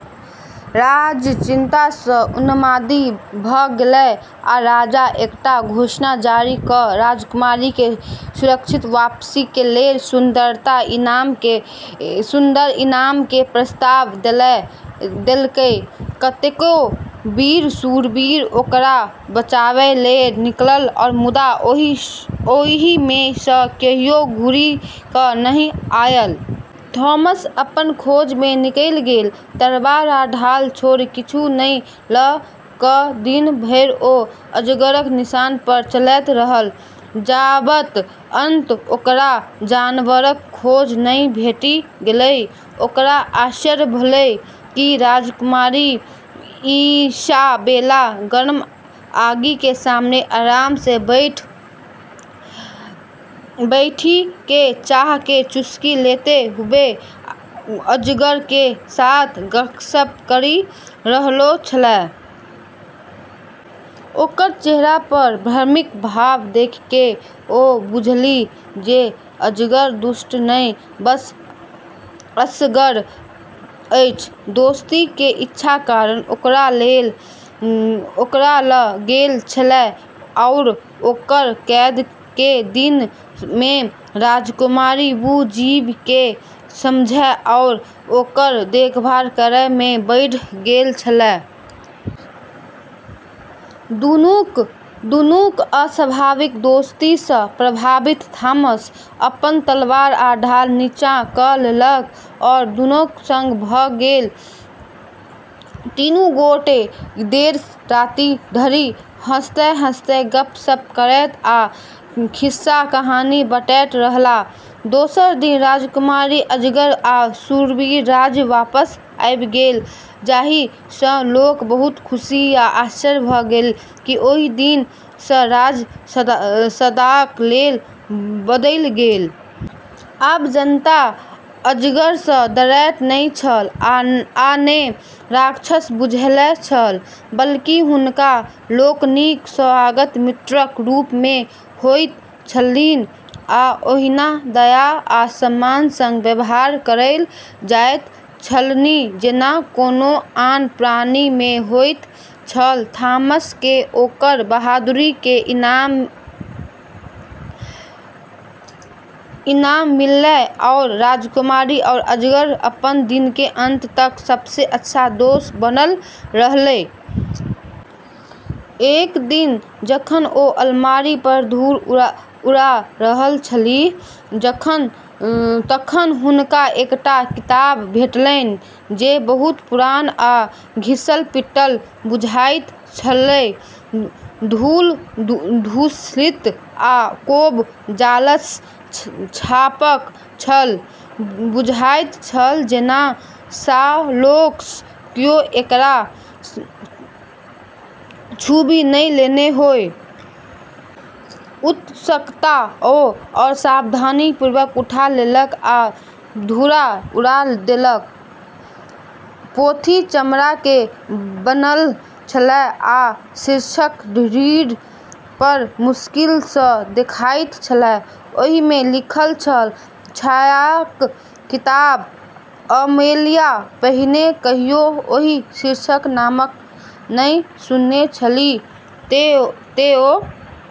राज्य चिंता सॅं उन्मादी भ गेलै आ राजा एकटा घोषणा जारी क राजकुमारी के सुरक्षित वापसी के लेल सुन्दर इनाम के प्रस्ताव देलकै, कतेको वीर शूरवीर ओकरा बचाबय लेल निकलल मुदा ओहि मे सँ कियो घुरि क नहि आयल। थॉमस अपन खोज मे निकलि गेल, तलवार आ ढाल छोड़ि किछु नहि ल क दिन भरि ओ अजगरक निशान पर चलैत रहल, जाबत अंततः ओकरा जानवरक खोह नहि भेटि गेलैक। ओकरा आश्चर्य भेलै कि राजकुमारी इसाबेला गर्म आगि के सामने आराम सें बैठी के चाह के चुस्की लेतें हुवें अजगर के साथ गपशप करी रहलोॅ छेलै। ओकर चेहरा पर भ्रमित भाव देखि ओ बुझेलीह जे अजगर दुष्ट नहि, बस असगर अछि। दोस्ती के इच्छा के कारण ओकरा ल गेलऽ छेलै आरो ओकरऽ कैद के दिनऽ में राजकुमारी वू जीव के समझै आरू ओकरऽ देखभाल करै में बढ़ी गेलऽ छेलै। दुनूक असंभावित दोस्ती सँ प्रभावित थॉमस अपन तलवार आ ढाल नीचाँ क लेलक आ दुनूक संग भ गेल। तीनू गोटे देर राति धरि हँसैत-हँसैत, गप्प-सप्प करैत आ खिस्सा-कहानी बँटैत रहलाह। दोसर दिन राजकुमारी, अजगर आ शूरवीर राज्य वापस आबि गेलाह जाहि सं लोक के बहुत खुशी आ आश्चर्य भेल, ओहि दिन सँ राज्य सदाक लेल बदलि गेल। आब जनता अजगर स डरैत नहि छल आ ने राक्षस बुझैत छल। बल्कि हुनका लोकनिक स्वागत मित्रक रूप मे होइत छलनि आ ओहिना दया आ सम्मानक संग व्यवहार कयल जाइत छलनि जेना कोनो आन प्राणी मे होइत छल थॉमस के ओकरऽ बहादुरी के इनाम मिललै, आरू राजकुमारी आरू अजगर अपनऽ दिन के अंत तक सबसें अच्छा दोस्त बनलऽ रहलै। एक दिन जखन ओ अलमारी पर धूल उड़ा रहल छलीह तखन हुनका एकटा किताब भेटलनि जे बहुत पुरान आ घिसल-पिटल बुझाइत छलनि। धूल-धूसरित आ कोब-जालसँ झाँपल छल आ बुझाइत छल जेना सालोंसँ कियो एकरा छूबि नहि लेने हो। उत्सुकतासँ ओ सावधानीपूर्वक उठा लेलक आ धूरा उड़ा देलक। पोथी चमड़ा मे बान्हल छलैक, आ शीर्षक रीढ़ पर मुश्किल सँ देखाइत छलैक। ओहि मे लिखल छल, छायाक किताब अमेलिया पहिने कहियो ओहि शीर्षकक नाम नहि सुनने छलीह, तें ओ